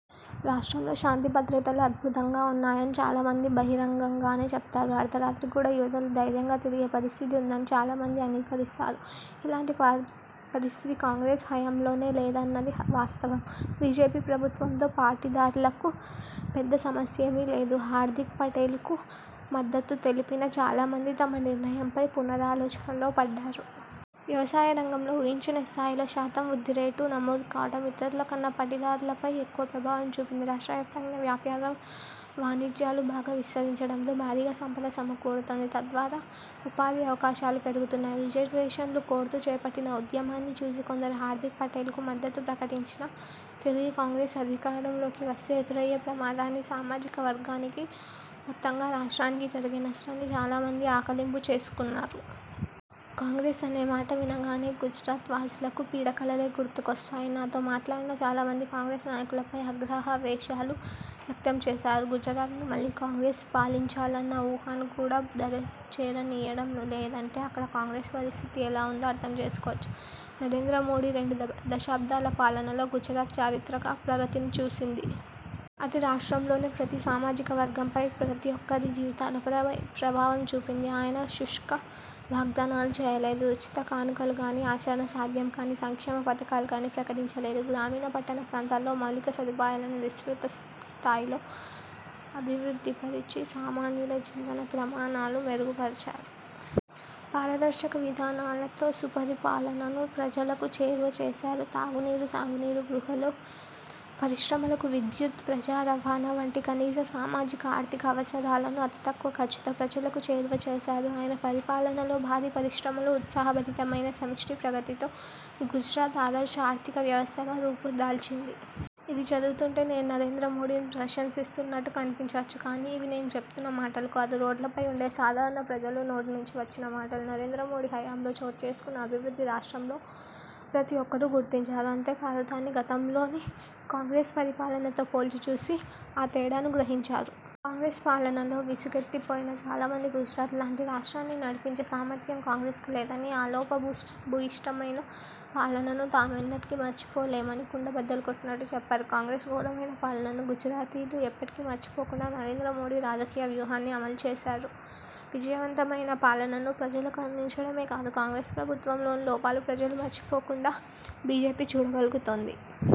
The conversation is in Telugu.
రాష్టంలో శాంతి భద్రతలు అద్భుతంగా ఉన్నాయని చాలా మంది బహిరంగంగానే చెప్తారు. అర్ధరాత్రి కూడా యువతులు ధైర్యంగా తిరిగే పరిస్థితి ఉందని చాలా మంది అంగీకరిస్తారు. ఇలాంటి పరిస్థితి కాంగ్రెస్ హయాంలో లేదన్నది వాస్తవం. బీజేపీ ప్రభుత్వంతో పాటిదార్లకు పెద్ద సమస్యేమీ లేదు. హార్ధిక్ పటేల్కు మద్దతు తెలిపిన చాలామంది తమ నిర్ణయంపై పునరాలోచనలో పడ్డారు. వ్యవసాయ రంగంలో ఊహించని స్థాయిలో శాతం వృద్ధిరేటు నమోదు కావడం ఇతరులకన్నా పాటీదార్లపై ఎక్కువ ప్రభావం చూపింది. రాష్ట్రవ్యాప్తంగా వ్యాపార, వాణిజ్యాలు బాగా విస్తరించడంతో భారీగా సంపద సమకూరుతోంది. తద్వారా ఉపాధి అవకాశాలు పెరుగుతున్నాయి. రిజర్వేషన్లుకోరుతూ చేపట్టిన ఉద్యమాన్ని చూసి కొందరు హార్ధిక్ పటేల్కు మద్దతు ప్రకటించినా తిరిగి కాంగ్రెస్ అధికారంలోకి వస్తే ఎదురయ్యే ప్రమాదాన్ని, సామాజిక వర్గానికి, మొత్తంగా రాష్ర్టానికి జరిగే నష్టాన్ని చాలామంది ఆకళింపు చేసుకున్నారు. కాంగ్రెస్ అనే మాట వినగానే గుజరాత్ వాసులకు పీడ కలలే గుర్తుకొస్తాయి. నాతో మాట్లాడిన చాలామంది కాంగ్రెస్ నాయకులపై ఆగ్రహావేశాలు వ్యక్తం చేసారు. గుజరాత్ను మళ్లీ కాంగ్రెస్ పాలించాలన్న ఊహను కూడా వారు దరిచేరనీయడం లేదంటే అక్కడ కాంగ్రెస్ పరిస్థితి ఎలాఉందో అర్థం చేసుకోవచ్చు. నరేంద్రమోదీ రెండు దశాబ్దాల పాలనలో గుజరాత్ చారిత్రిక ప్రగతిని చూసింది. అది రాష్ట్రంలోని ప్రతీ సామాజిక వర్గంపై, ప్రతి ఒక్కరి జీవితాలపై ప్రభావం చూపింది. ఆయన శుష్క వాగ్ధానాలు చేయలేదు, ఉచిత కానుకలు గానీ, ఆచరణ సాధ్యంకాని సంక్షేమ పథకాలు కానీ ప్రకటించలేదు. గ్రామీణ, పట్టణ ప్రాంతాల్లో మౌలిక సదుపాయాలను విస్తృత స్థాయిలో అభివృద్ధిపరచి సామాన్యుల జీవన ప్రమాణాలు మెరుగుపరచారు. పారదర్శక విధానాలతో సుపరిపాలనను ప్రజలకు చేరువ చేశారు. తాగునీరు, సాగునీరు, గృహాలు, పరిశ్రమలకు విద్యుత్, ప్రజారవాణా వంటి కనీస సామాజిక, ఆర్థిక అవసరాలను అతి తక్కువ ఖర్చుతో ప్రజలకు చేరువ చేశారు. ఆయన పరిపాలనలో భారీ పరిశ్రమలు, ఉత్సాహభరితమైన సమిష్టి ప్రగతితో గుజరాత్ ఆదర్శ ఆర్థిక వ్యవస్థగా రూపుదాల్చింది. ఇది చదువుతుంటే నేను నరేంద్ర మోదీని ప్రశంసిస్తున్నట్టు కనిపించవచ్చు కానీ, ఇవి నేను చెప్తున్న మాటలు కాదు. రోడ్లపై ఉండే సాధారణ ప్రజల నోటినుంచి వచ్చిన మాటలు. నరేంద్ర మోదీ హయాంలో చోటుచేసుకున్న అభివృద్ధిని రాష్ట్రంలో ప్రతి ఒక్కరూ గుర్తించారు. అంతేకాదు, దాన్ని గతంలోని కాంగ్రెస్ పరిపాలనతో పోల్చి చూసి ఆ తేడాను గ్రహించారు. కాంగ్రెస్ పాలనలో విసుగెత్తిపోయిన చాలామంది గుజరాత్ లాంటి రాష్ట్రాన్ని నడిపించే సామర్థ్యం కాంగ్రెస్కు లేదని, ఆ లోపభూయిష్టమైన పాలనను తామెన్నటికీ మర్చిపోలేమనీ కుండబద్దలు కొట్టినట్టు చెప్పారు. కాంగ్రెస్ ఘోరమైన పాలనను గుజరాతీలు ఎప్పటికీ మర్చిపోకుండా నరేంద్ర మోదీ రాజకీయ వ్యూహాన్ని అమలు చేశారు. విజయవంతమైన పాలనను ప్రజలకు అందించడమే కాదు, కాంగ్రెస్ ప్రభుత్వంలోని లోపాలు ప్రజలు మర్చిపోకుండా బీజేపీ చూడగలుగుతోంది.